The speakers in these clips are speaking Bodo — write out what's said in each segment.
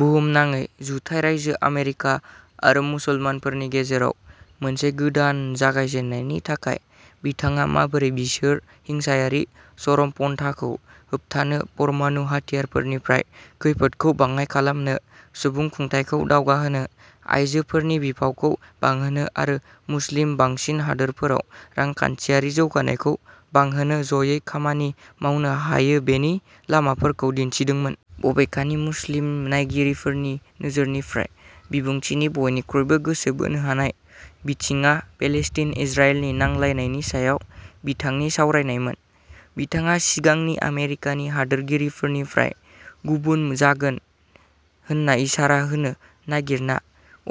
बुहुमनाङै जुथाइ रायजो आमेरिका आरो मुसलमानफोरनि गेजेराव "मोनसे गोदान जागायजेन्नाय" नि थाखाय बिथाङा माबोरै बिसोर हिंसायारि चरमपन्थाखौ होबथानो परमाणु हाथियारफोरनिफ्राय खैफोदखौ बाङाइ खालामनो सुबुंखुंथाइखौ दावगाहोनो आयजोफोरनि बिफावखौ बांहोनो आरो मुस्लिम बांसिन हादोरफोराव रांखान्थियारि जौगानायखौ बांहोनो ज'यै खामानि मावनो हायोबेनि लामाफोरखौ दिन्थिदोंमोन। बबेखानि मुस्लिम नायगिरिफोरनि नोजोरनिफ्राय बिबुंथिनि बयनिख्रुइबो गोसो बोनो हानाय बिथिंआ पेलेस्टाइन इजराइलनि नांलायनायनि सायाव बिथांनि सावरायनायमोन। बिथाङा सिगांनि आमेरिकानि हादोरगिरिफोरनिफ्राय गुबुन जागोन होन्ना इसारा होनो नागिरना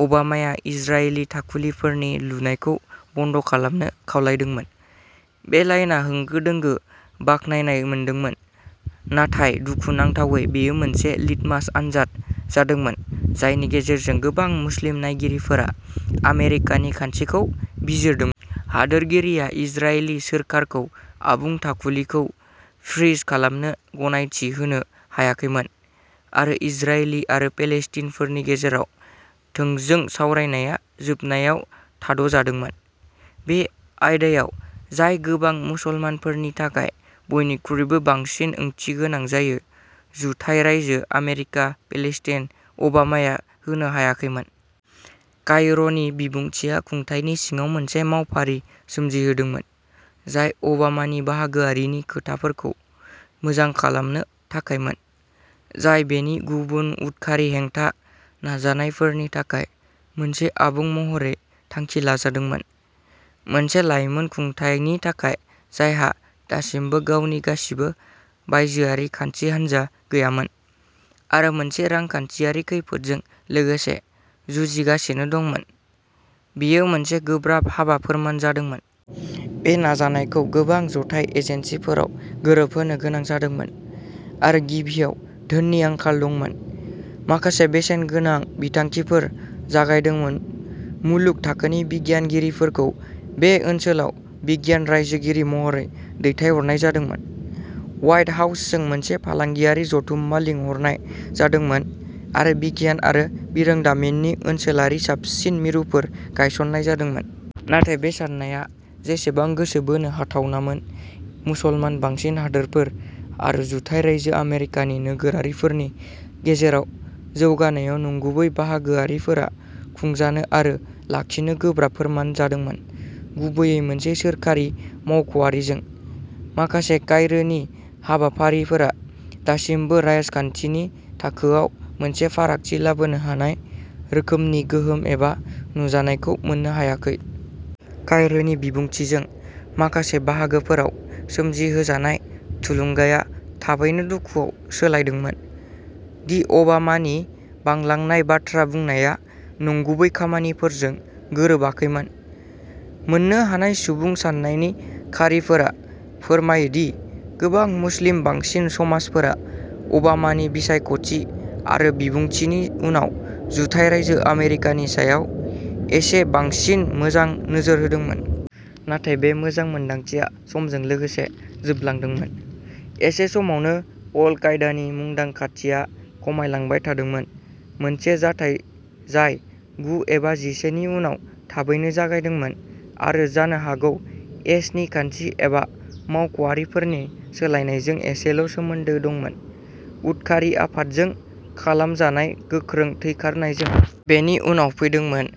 अबामाया इजरायली थाखुलिफोरनि लुनायखौ बन्द'खालामनो खावलायदोंमोन। बे लाइनआ होंगो-दोंगो बाखनायनाय मोनदोंमोन नाथाय दुखुनांथावै बेयो मोनसे लिटमास आनजाद जादोंमोन जायनि गेजेरजों गोबां मुस्लिम नायगिरिफोरा आमेरिकानि खान्थिखौ बिजिरदोंमोन। हादोरगिरिया इजरायली सोरखारखौ आबुं थाखुलिखौ फ्रीज खालामनो गनायथि होनो हायाखैमोन आरो इजरायली आरो पेलेस्टाइनफोरनि गेजेराव थोंजों सावरायनाया जोबनायाव थाद'जादोंमोन। बे आयदायाव जाय गोबां मुसलमानफोरनि थाखाय बयनिख्रुइबो बांसिन ओंथि गोनां जायो जुथाइ रायजो आमेरिका पेलेस्टाइन अबामाया होनो हायाखैमोन। कायर'नि बिबुंथिया खुंथायनि सिङाव मोनसे मावफारि सोमजिहोदोंमोन जाय अबामानि बाहागोआरिनि खोथाफोरखौ मोजां खालामनो थाखायमोन जाय बेनि गुबुन उदखारि हेंथा नाजानायफोरनि थाखाय मोनसे आबुं महरै थांखि लाजादोंमोन। मोनसे लाइमोन खुंथायनि थाखाय जायहा दासिमबो गावनि गासिबो बायजोआरि खान्थि हानजा गैयामोन आरो मोनसे रांखान्थियारि खैफोदजों लोगोसे जुजिगासिनो दंमोन बेयो मोनसे गोब्राब हाबा फोरमान जादोंमोन। बे नाजानायखौ गोबां जथाय एजेन्सिफोराव गोरोबहोनो गोनां जादोंमोन आरो गिबियाव धोननि आंखाल दंमोन। माखासे बेसेनगोनां बिथांखिफोर जागायदोंमोन मुलुग थाखोनि बिगियानगिरिफोरखौ बे ओनसोलाव बिगियान रायजोगिरि महरै दैथायहरनाय जादोंमोन। ह्वाइट हाउसजों मोनसे फालांगियारि जथुम्मा लिंहरनाय जादोंमोन आरो बिगियान आरो बिरोंदामिननि ओनसोलारि साबसिन मिरुफोर गायसन्नाय जादोंमोन। नाथाय बे साननाया जेसेबां गोसो बोनो हाथावनामोन मुसलमान बांसिन हादोरफोर आरो जुथाइ रायजो आमेरिकानि नोगोरारिफोरनि गेजेराव जौगानायाव नंगुबै बाहागोआरिफोरा खुंजानो आरो लाखिनो गोब्राब फोरमान जादोंमोन गुबैयै मोनसे सोरखारि मावख'आरिजों। माखासे कायरोनि हाबाफारिफोरा दासिमबो राजखान्थिनि थाखोआव मोनसे फारागथि लाबोनो हानाय रोखोमनि गोहोम एबा नुजानायखौ मोननो हायाखै। कायरोनि बिबुंथिजों माखासे बाहागोफोराव सोमजिहोजानाय थुलुंगाया थाबैनो दुखुआव सोलायदोंमोन दि अबामानि बांलांनाय बाथ्रा बुंनाया नंगुबै खामानिफोरजों गोरोबाखैमोन। मोन्नो हानाय सुबुं सान्नायनि खारिफोरा फोरमायो दि गोबां मुस्लिम बांसिन समाजफोरा अबामानि बिसायख'थि आरो बिबुंथिनि उनाव जुथाइ रायजो आमेरिकानि सायाव एसे बांसिन मोजां नोजोर दंमोन। नाथाय बे मोजां मोन्दांथिया समजों लोगोसे जोबलांदोंमोन। एखे समावनो अल कायदानि मुंदांखाथिया खमायलांबाय थादोंमोन मोनसे जाथाय जाय गु एबा जिसे नि उनाव थाबैनो जागायदोंमोन आरो जानो हागौ एस. नि खान्थि एबा मावख'आरिफोरनि सोलायनायजों एसेल' सोमोन्दो दंमोन उदखारि आफादजों खालामजानाय गोख्रों थैखारनायजों। बेनि उनाव फैदोंमोन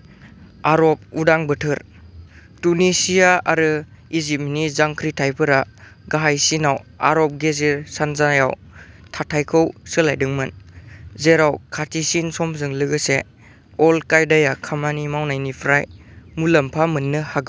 आरब उदां बोथोर। तुनिसिया आरो इजिप्टनि जांख्रिथायफोरा गाहायसिनाव आरब गेजेर सानजायाव थाथायखौ सोलायदोंमोन। जेराव खाथिसिन समजों लोगोसे अल कायदाया खामानि मावनायनिफ्राय मुलाम्फा मोननो हागौ।